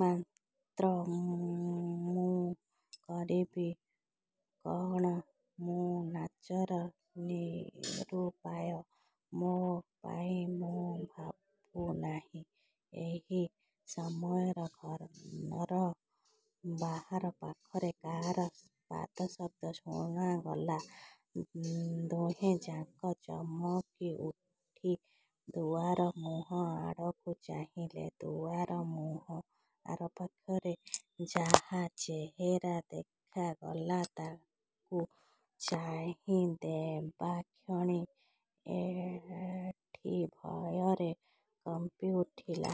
ମାତ୍ର ମୁଁ କରିବି କଅଣ? ମୁଁ ନାଚାର–ନିରୁପାୟ। ମୋ ପାଇଁ ମୁଁ ଭାବୁ ନାହିଁ। '' ଏହି ସମୟରେ ଘରର ବାହାର ପାଖରେ କାହାର ପାଦଶବ୍ଦ ଶୁଣାଗଲା। ଦୁହେଁଯାକ ଚମକିଉଠି ଦୁଆରମୁହଁ ଆଡ଼କୁ ଚାହିଁଲେ। ଦୁଆରମୁହଁ ଆରପାଖରେ ଯାହାର ଚେହେରା ଦେଖାଗଲା, ତାକୁ ଚାହିଁଦେବାକ୍ଷଣି ଏଟ୍ଟି ଭୟରେ କମ୍ପିଉଠିଲା।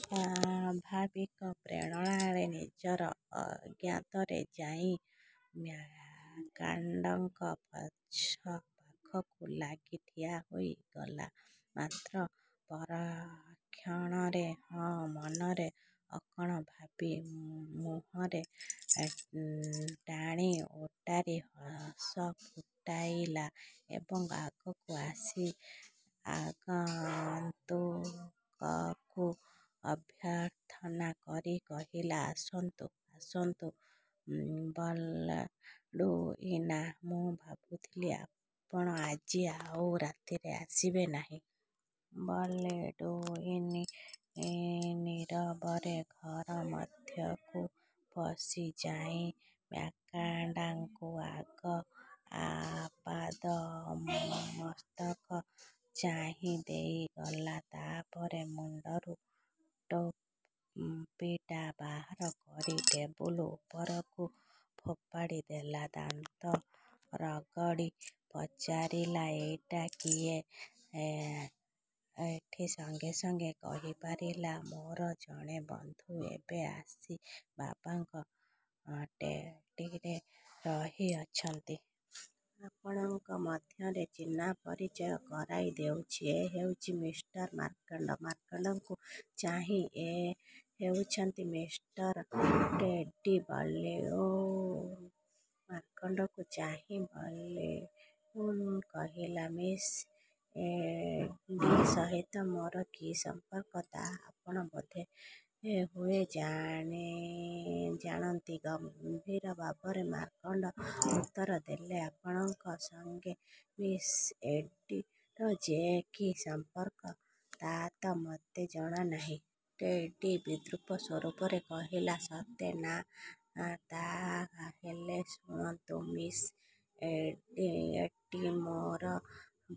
ସ୍ୱାଭାବିକ ପ୍ରେରଣାରେ ନିଜର ଅଜ୍ଞାତରେ ଯାଇ ମ୍ୟାକ୍ମାର୍ଡ଼ୋଙ୍କ ପଛପାଖକୁ ଲାଗି ଠିଆ ହୋଇଗଲା। ମାତ୍ର ପରକ୍ଷଣରେ ହିଁ ମନରେ କଅଣ ଭାବି ମୁହଁରେ ଟାଣିଓଟାରି ହସ ଫୁଟାଇଲା ଏବଂ ଆଗକୁ ଆସି ଆଗନ୍ତୁକକୁ ଅଭ୍ୟର୍ଥନା କରି କହିଲା, ''ଆସନ୍ତୁ, ଆସନ୍ତୁ ବଲ୍ଡ଼ୁଇନ! ମୁଁ ଭାବିଥିଲି, ଆପଣ ଆଜି ଆଉ ରାତିରେ ଆସିବେ ନାହିଁ। '' ବଲ୍ଡ଼ୁଇନ ନୀରବରେ ଘରମଧ୍ୟକୁ ପଶିଯାଇ ମ୍ୟାକ୍ମାର୍ଡ଼ୋଙ୍କୁ ଆଗ ଆପାଦମସ୍ତକ ଚାହିଁଦେଇଗଲା। ତା ପରେ ମୁଣ୍ଡରୁ ଟୋପିଟା ବାହାର କରି ଟେବୁଲ ଉରପକୁ ଫୋପାଡ଼ିଦେଲା। ଦାନ୍ତ ରଗଡ଼ି ପଚାରିଲା, ''ଏଇଟା କିଏ? '' ଏଟ୍ଟି ସଙ୍ଗେସଙ୍ଗେ କହିପକାଇଲା, ''ମୋର ଜଣେ ବନ୍ଧୁ। ଏବେ ଆସି ବାବାଙ୍କ ବୋର୍ଡ଼ିଂରେ ରହିଅଛନ୍ତି। ଆପଣଙ୍କ ମଧ୍ୟରେ ଚିହ୍ନାପରିଚୟ କରାଇଦେଉଛି। ଏ ହେଉଛନ୍ତି ମିଷ୍ଟର ମାକ୍ମାର୍ଡ଼ୋ। '' ମ୍ୟାକ୍ମାର୍ଡ଼ୋଙ୍କୁ ଚାହିଁ–''ଏ ହେଉଛନ୍ତି ମିଷ୍ଟର ଟେଡ଼ି ବଲ୍ଡ଼ୁଇନ। '' ମ୍ୟାକ୍ମାର୍ଡ଼ୋଙ୍କୁ ଚାହିଁ ବଲ୍ଡ଼ୁଇନ କହିଲା, ''ମିସ୍ ଏଟ୍ଟି ସହିତ ମୋର କି ସମ୍ପର୍କ, ତାହା ଆପଣ ବୋଧହୁଏ ଜାଣନ୍ତି। '' ଗମ୍ଭୀର ଭାବରେ ମାକ୍ମାର୍ଡ଼ୋ ଉତ୍ତରଦେଲେ, ''ଆପଣଙ୍କ ସଙ୍ଗେ ମିସ୍ ଏଟ୍ଟିର ଯେ କି ସମ୍ପର୍କ, ତା ତ ମୋତେ ଜଣା ନାହିଁ। '' ଟେଡ଼ି ବିଦ୍ରୂପ ସ୍ୱରରେ କହିଲା, ''ସତେ ନା? ତା ହେଲେ ଶୁଣନ୍ତୁ, ମିସ୍ ଏଟ୍ଟି ମୋର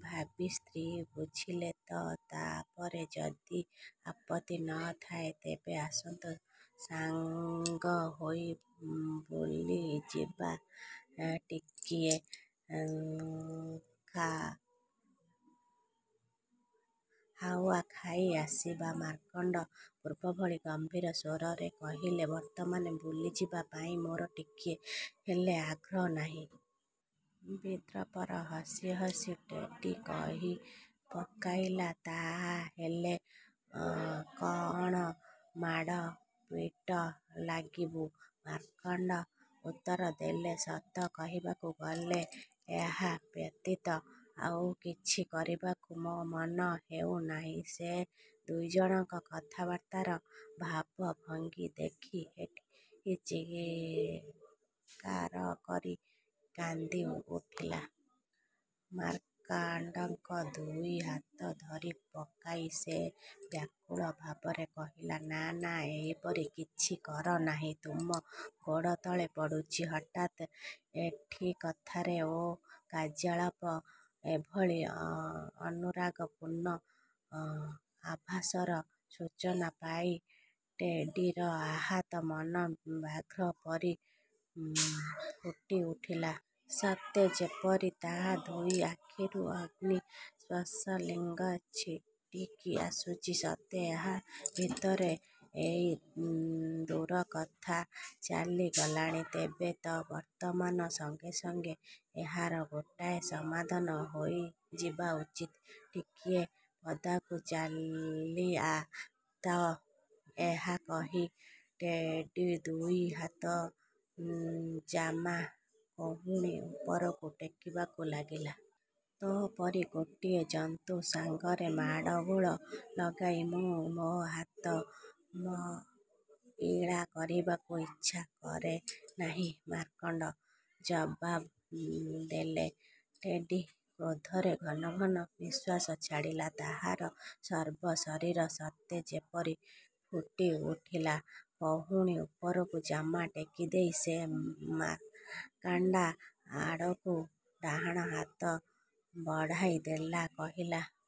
ଭାବୀ ସ୍ତ୍ରୀ, ବୁଝିଲେ ତ? ତା ପରେ ଯଦି ଆପତ୍ତି ନ ଥାଏ, ତେବେ ଆସନ୍ତୁ। ସାଙ୍ଗ ହୋଇ ବୁଲିଯିବା, ଟିକିଏ ହାଉଆ ଖାଇ ଆସିବା। '' ମ୍ୟାକ୍ମାର୍ଡ଼ୋ ପୂର୍ବଭଳି ଗମ୍ଭୀର ସ୍ୱରରେ କହିଲେ, ''ବର୍ତ୍ତମାନ ବୁଲିଯିବା ପାଇଁ ମୋର ଟିକିଏ ହେଲେ ଆଗ୍ରହ ନାହିଁ। '' ବିଦ୍ରୂପର ହସ ହସି ଟେଡ଼ି କହିପକାଇଲା, ''ତା ହେଲେ କଅଣ ମାଡ଼ପିଟ ଲଗାଇବୁ? '' ମ୍ୟାକ୍ମାର୍ଡ଼ୋ ଉତ୍ତରଦେଲେ, ''ସତ କହିବାକୁ ଗଲେ, ଏହା ବ୍ୟତୀତ ଆଉ କିଛି କରିବାକୁ ମୋ ମନ ହେଉ ନାହିଁ। '' ସେ ଦୁଇ ଜଣଙ୍କ କଥାବାର୍ତ୍ତାର ଭାବଭଙ୍ଗୀ ଦେଖି ଏଟ୍ଟି ଚିତ୍କାରକରି କାନ୍ଦିଉଠିଲା। ମ୍ୟାକ୍ମାର୍ଡ଼ୋଙ୍କ ଦୁଇ ହାତ ଧରିପକାଇ ସେ ବ୍ୟାକୁଳ ଭାବରେ କହିଲା, ''ନା ନା, ଏପରି କିଛି କର ନାହିଁ, ତୁମ ଗୋଡ଼ତଳେ ପଡ଼ୁଛି। '' ହଠାତ୍ ଏଟ୍ଟି କଥାରେ ଓ କାର୍ଯ୍ୟକଳାପରେ ଏଭଳି ଅନୁରାଗପୂର୍ଣ୍ଣ ଆଭାସର ସୂଚନା ପାଇ ଟେଡ଼ିର ଆହତ ମନ ବ୍ୟାଘ୍ର ପରି ଫୁଲିଉଠିଲା। ସତେ ଯେପରି ତା ଦୁଇ ଆଖିରୁ ଅଗ୍ନିସ୍ଫୁଲିଙ୍ଗ ଛିଟିକି ଆସୁଛି। ''ସତେ! ଏହା ଭିତରେ ଏତେ ଦୂର କଥା ଚାଲିଗଲାଣି? ତେବେ ତ ବର୍ତ୍ତମାନ ସାଙ୍ଗେସାଙ୍ଗେ ଏହାର ଗୋଟାଏ ସମାଧାନ ହୋଇଯିବା ଉଚିତ। ଟିକିଏ ପଦାକୁ ଚାଲିଆ ତ। '' ଏହା କହି ଟେଡ଼ି ଦୁଇ ହାତର ଜାମା କହୁଣି ଉପରକୁ ଟେକିବାକୁ ଲାଗିଲା। ''ତୋ ପରି ଗୋଟାଏ ଜନ୍ତୁ ସାଙ୍ଗରେ ମାଡ଼ଗୋଳ ଲଗାଇ ମୁଁ ମୋ ହାତ ମଇଳା କରିବାକୁ ଇଚ୍ଛା କରେ ନାହିଁ। '' –ମ୍ୟାକ୍ମାର୍ଡ଼ୋ ଜବାବ ଦେଲେ। ଟେଡ଼ି କ୍ରୋଧରେ ଘନଘନ ନିଃଶ୍ୱାସ ଛାଡ଼ିଲା। ତାହାର ସର୍ବଶରୀର ସତେ ଯେପରି ଫୁଲିଉଠିଲା। କହୁଣି ଉପରକୁ ଜାମା ଟେକିଦେଇ ସେ ମ୍ୟାକ୍ମାର୍ଡ଼ୋ ଆଡ଼କୁ ଡାହାଣ ହାତଟା ବଢ଼ାଇଦେଲା। କହିଲା,